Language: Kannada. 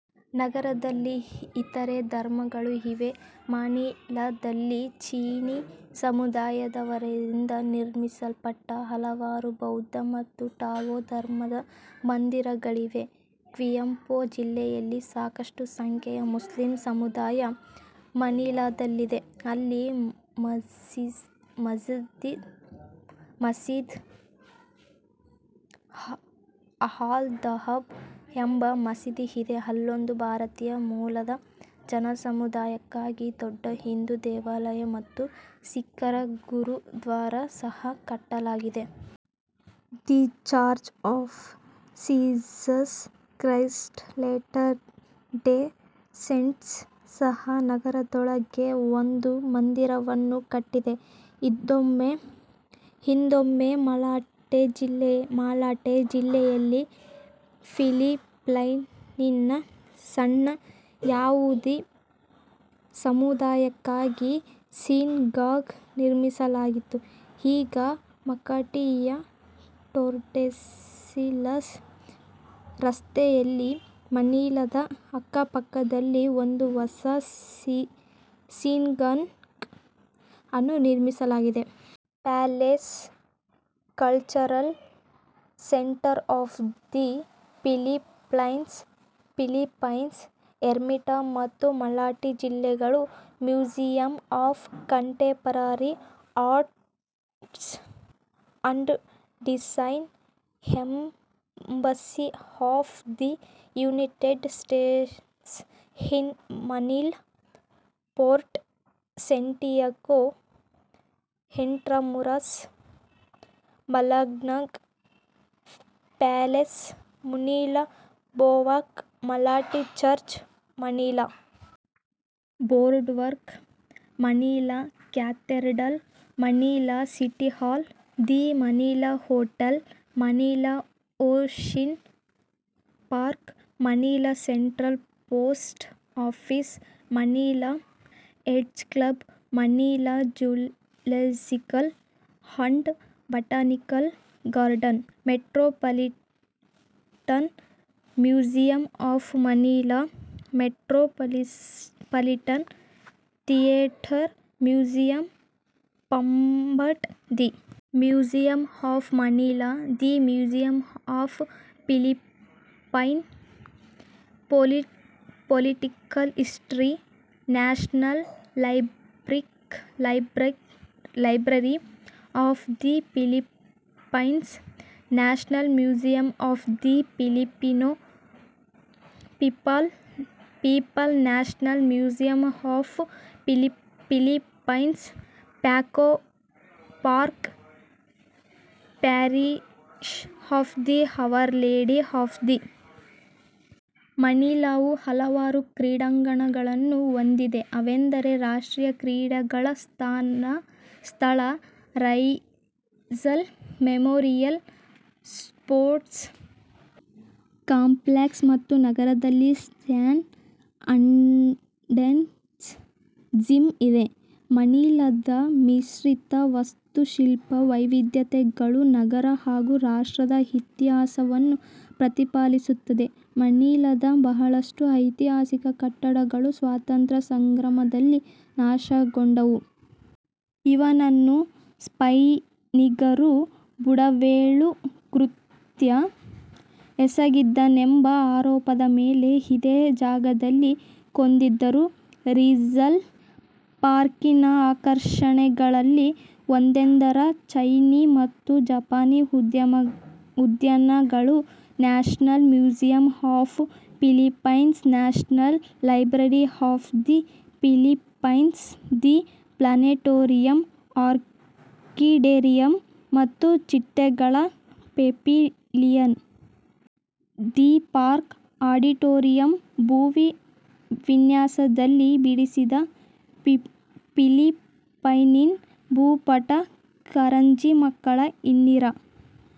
ನಗರದಲ್ಲಿ ಇತರೆ ಧರ್ಮಗಳೂ ಇವೆ. ಮನಿಲಾದಲ್ಲಿ ಚೀನಿ ಸಮುದಾಯದವರಿಂದ ನಿರ್ಮಿಸಲ್ಪಟ್ಟ ಹಲವಾರುಬೌದ್ಧ ಮತ್ತು ಟಾವೋ ಧರ್ಮದ ಮಂದಿರಗಳಿವೆ. ಕ್ವಿಯಾಪೊ ಜಿಲ್ಲೆಯಲ್ಲಿ ಸಾಕಷ್ಟು ಸಂಖ್ಯೆಯ ಮುಸ್ಲಿಂ ಸಮುದಾಯ ಮನಿಲಾದಲ್ಲಿದೆ, ಅಲ್ಲಿ ಮಸ್ಜಿದ್ ಅಲ್-ದಹಬ್ ಎಂಬ ಮಸೀದಿ ಇದೆ. ಅಲ್ಲೊಂದು ಭಾರತೀಯ ಮೂಲದ ಜನಸಮುದಾಯಕ್ಕಾಗಿ ದೊಡ್ಡ ಹಿಂದು ದೇವಾಲಯ ಮತ್ತು ಸಿಖ್ಖರ ಗುರುದ್ವಾರ ಸಹ ಕಟ್ಟಲಾಗಿದೆ. The church of Jesus Christ latter day saints ಸಹ ನಗರದೊಳಗೆ ಒಂದು ಮಂದಿರವನ್ನು ಕಟ್ಟಿದೆ. ಹಿಂದೊಮ್ಮೆ ಮಲಾಟೆ ಜಿಲ್ಲೆಯಲ್ಲಿ ಫಿಲಿಪ್ಪೈನಿನ ಸಣ್ಣ ಯಹೂದಿ ಸಮುದಾಯಕ್ಕಾಗಿ ಸೀನಗಾಗ್ ನಿರ್ಮಿಸಲಾಗಿತ್ತು. ಈಗ ಮಕಾಟಿಯ ಟೋರ್ಡೆಸಿಲಾಸ್ ರಸ್ತೆಯಲ್ಲಿ, ಮನಿಲಾದ ಅಕ್ಕಪಕ್ಕದಲ್ಲಿ ಒಂದು ಹೊಸ ಸಿನಗಾಗ್ ಅನ್ನು ನಿರ್ಮಿಸಲಾಗಿದೆ. Palace, cultural centre of the Philippines, Ermita ಮತ್ತು ಮಲಾಟೆ ಜಿಲ್ಲೆಗಳು, museum of contemporary arts and design, embassy of the United States in Manila, Fort Santiago, Intramuros, Malacanang Palace, Manila Baywalk, Malate Church, Manila Boardwalk, Manila Cathedral, Manila City Hall, the Manila hotel, Manila ocean park, Manila central post office, Manila yacht club, Manila zoological and botanical garden, metropolitan museum of Manila, Metropolitan Theater, Museo Pambata, the museum of Manila, the museum of Philippine political history, national library of the Philippines, national museum of the Filipino people, national museum of Philippines, Paco park, parish of the hour lady of the ಮನಿಲಾವು ಹಲವಾರು ಕ್ರೀಡಾಂಗಣಗಳನ್ನೂ ಹೊಂದಿದೆ ಅವೆಂದರೆ ರಾಷ್ಟ್ರೀಯಾ ಕ್ರೀಡೆಗಳ ಸ್ಥಳ ರೈಜಲ್ ಮೆಮೊರಿಯಲ್ ಸ್ಪೋರ್ಟ್ಸ್ ಕಾಂಪ್ಲೆಕ್ಸ್ ಮತ್ತು ನಗರದಲ್ಲಿ ಸ್ಯಾನ್ ಆಂಡ್ರೆಸ್ ಜಿಮ್ ಇದೆ. ಮನಿಲಾದ ಮಿಶ್ರಿತ ವಾಸ್ತುಶಿಲ್ಪ ವೈವಿದ್ಯತೆಗಳು ನಗರ ಹಾಗೂ ರಾಷ್ಟ್ರದ ಇತಿಹಾಸವನ್ನು ಪ್ರತಿಫಲಿಸುತ್ತದೆ. ಮನಿಲಾದ ಬಹಳಷ್ಟು ಐತಿಹಾಸಿಕ ಕಟ್ಟಡಗಳು ಸ್ವತಂತ್ರ ಸಂಗ್ರಾಮದಲ್ಲಿ ನಾಶಗೊಂಡವು. ಇವನನ್ನು ಸ್ಪೈನಿಗರು ಬುಡಮೇಲು ಕೃತ್ಯ ಎಸಗಿದನೆಂಬ ಆರೋಪದ ಮೇಲೆ ಇದೇ ಜಾಗದಲ್ಲಿ ಕೊಂದಿದ್ದರು. ರಿಜಾಲ್ ಪಾರ್ಕಿನ ಆಕರ್ಷಣೆಗಳಲ್ಲಿ ಒಂದೆಂದರೆ ಚೈನೀ ಮತ್ತು ಜಪಾನೀ ಉದ್ಯಾನಗಳು, national museum of Philippines, national library of the Philippines, the planetarium, orchidarium ಮತ್ತು ಚಿಟ್ಟೆಗಳ ಪೆವಿಲಿಯನ್, ದಿ ಪಾರ್ಕ್ ಆಡಿಟೋರಿಯಂ, ಭೂವಿನ್ಯಾಸದಲ್ಲಿ ಬಿಡಿಸಿದ ಫಿಲಿಪೈನಿನ ಭೂಪಟ, ಕಾರಂಜಿ ಮಕ್ಕಳ ಹಿನ್ನೀರ